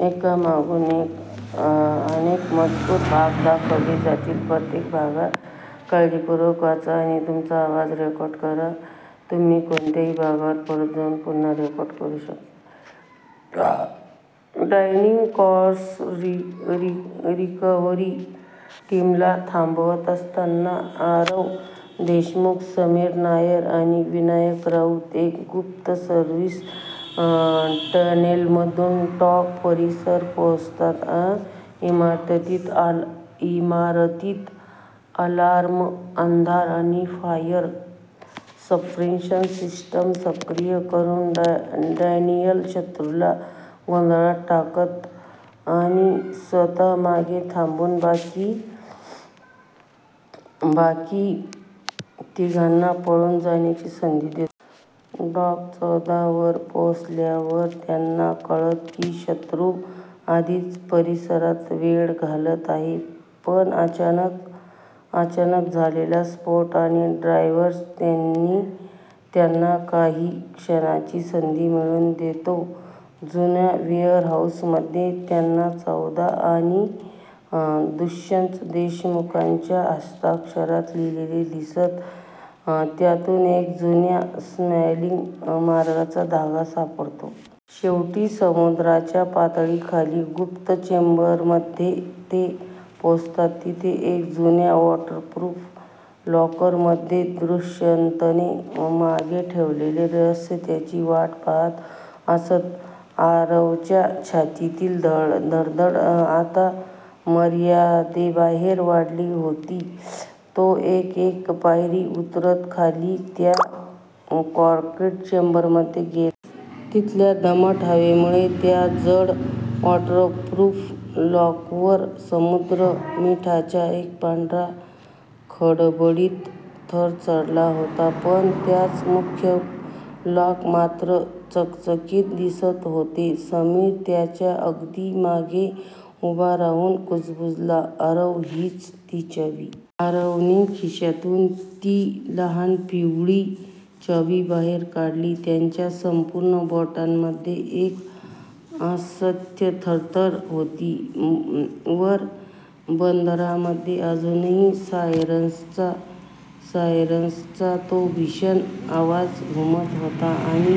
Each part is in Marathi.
डॅनियल क्रॉस रिकव्हरी टीमला थांबवत असताना आरव देशमुख, समीर नायर आणि विनायक राऊत एका गुप्त सर्व्हिस टनेलमधून डॉक परिसरात पोहोचतात. इमारतीत अलार्म, अंधार आणि फायर सप्रेशन सिस्टम सक्रिय करून डॅनियल शत्रूला गोंधळात टाकतो, आणि स्वतः मागे थांबून बाकी तिघांना पळून जाण्याची संधी देतो. डॉक चौदा वर पोहोचल्यावर त्यांना कळतं की शत्रू आधीच परिसराला वेढा घालत आहे, पण अचानक झालेला स्फोट आणि डायव्हर्शन त्यांना काही क्षणांची संधी मिळवून देतो. जुन्या वेअरहाऊसमध्ये त्यांना "-चौदा " आणि दुष्यंत देशमुखच्या हस्ताक्षरात लिहिलेलं दिसतं, ज्यातून एका जुन्या स्मगलिंग मार्गाचा धागा सापडतो. शेवटी समुद्राच्या पातळीखालील गुप्त चेंबरमध्ये ते पोहोचतात, जिथे एका जुन्या वॉटरप्रूफ लॉकरमध्ये दुष्यंतने मागे ठेवलेलं रहस्य त्यांची वाट पाहत असतं. आरवच्या छातीतली धडधड आता मर्यादेबाहेर वाढली होती. तो एक-एक पायरी उतरत खाली त्या काँक्रीट चेंबरमध्ये गेला. तिथल्या दमट हवेमुळे त्या जड वॉटरप्रूफ लॉकरवर समुद्री मिठाचा एक पांढरट, खडबडीत थर चढला होता. पण त्याचं मुख्य लॉक मात्र चकचकीत दिसत होतं. समीर त्याच्या अगदी मागे उभा राहून कुजबुजला, "आरव, हीच ती चावी? " आरवने खिशातून ती लहान, पितळी चावी बाहेर काढली. त्याच्या संपूर्ण बोटांमध्ये एक असह्य थरथर होती. वर बंदरामध्ये अजूनही सायरन्सचा तो भीषण आवाज घुमत होता आणि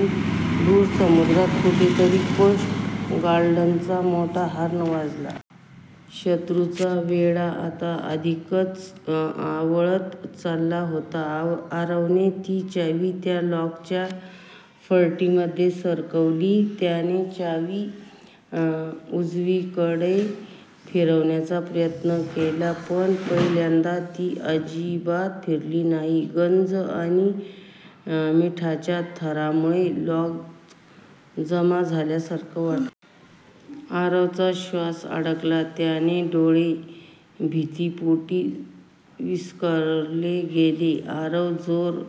दूर समुद्रात कुठेतरी कोस्ट गार्डचा मोठा हॉर्न वाजला. शत्रूचा वेढा आता अधिकच आवळत चालला होता. आरवने ती चावी त्या लॉकच्या फटीमध्ये सरकवली. त्याने चावी उजवीकडे फिरवण्याचा प्रयत्न केला, पण पहिल्यांदा ती अजिबात फिरली नाही. गंज आणि मिठाच्या थरामुळे लॉक जाम झाल्यासारखं वाटलं. आरवचा श्वास अडकला. त्याचे डोळे भीतीपोटी विस्फारले गेले. "आरव, जोर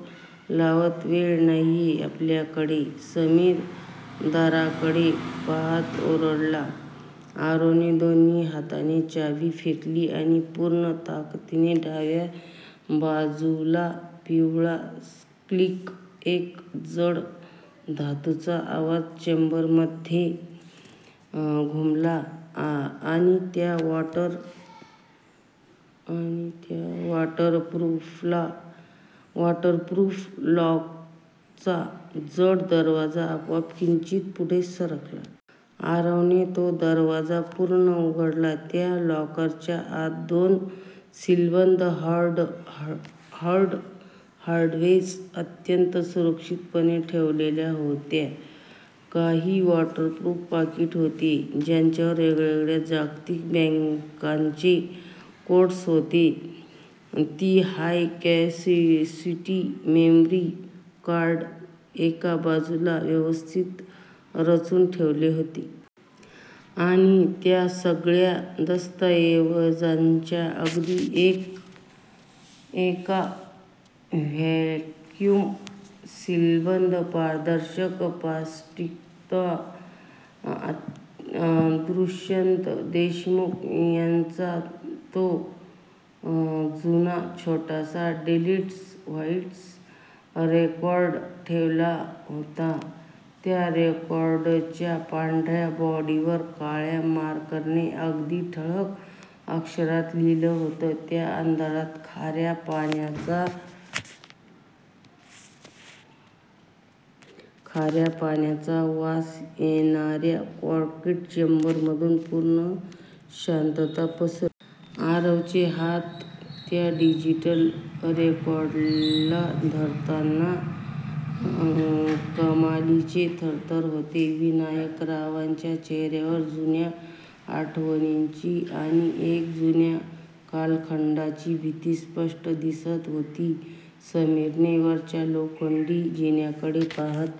लाव! वेळ नाहीये आपल्याकडे! " समीर दाराकडे पाहत ओरडला. आरवने दोन्ही हातांनी चावी पकडली आणि पूर्ण ताकदीने डाव्या बाजूला पिळली. क्लिक. एक जड, धातूचा आवाज चेंबरमध्ये घुमला आणि त्या वॉटरप्रूफ लॉकरचा जड दरवाजा आपोआप किंचित पुढे सरकला. आरवने तो दरवाजा पूर्ण उघडला. त्या लॉकरच्या आत दोन सीलबंद हार्ड ड्राईव्ह्ज अत्यंत सुरक्षितपणे ठेवलेल्या होत्या. काही वॉटरप्रूफ पाकिटे होती, ज्यांवर वेगवेगळ्या जागतिक बँकांचे कोड्स होते. तीन हाय-कॅपेसिटी मेमरी कार्ड्स एका बाजूला व्यवस्थित रचून ठेवलेली होती आणि... त्या सगळ्या दस्तऐवजांच्या अगदी वर, एका व्हॅक्यूम-सीलबंद पारदर्शक पाकिटात दुष्यंत देशमुख यांचा तो जुना, छोटासा डिजिटल व्हाईस रेकॉर्डर ठेवलेला होता. त्या रेकॉर्डरच्या पांढऱ्या बॉडीवर काळ्या मार्करने अगदी ठळक अक्षरात लिहिलं होतं. त्या अंधाऱ्या, खाऱ्या पाण्याचा वास येणाऱ्या काँक्रीट चेंबरमध्ये पूर्ण शांतता पसरली. आरवचे हात त्या डिजिटल रेकॉर्डरला धरताना कमालीचे थरथरत होते. विनायकरावांच्या चेहऱ्यावर जुन्या आठवणींची आणि एका जुन्या कालखंडाची भीती स्पष्ट दिसत होती. समीरने वरच्या लोखंडी जिन्याकडे पाहत--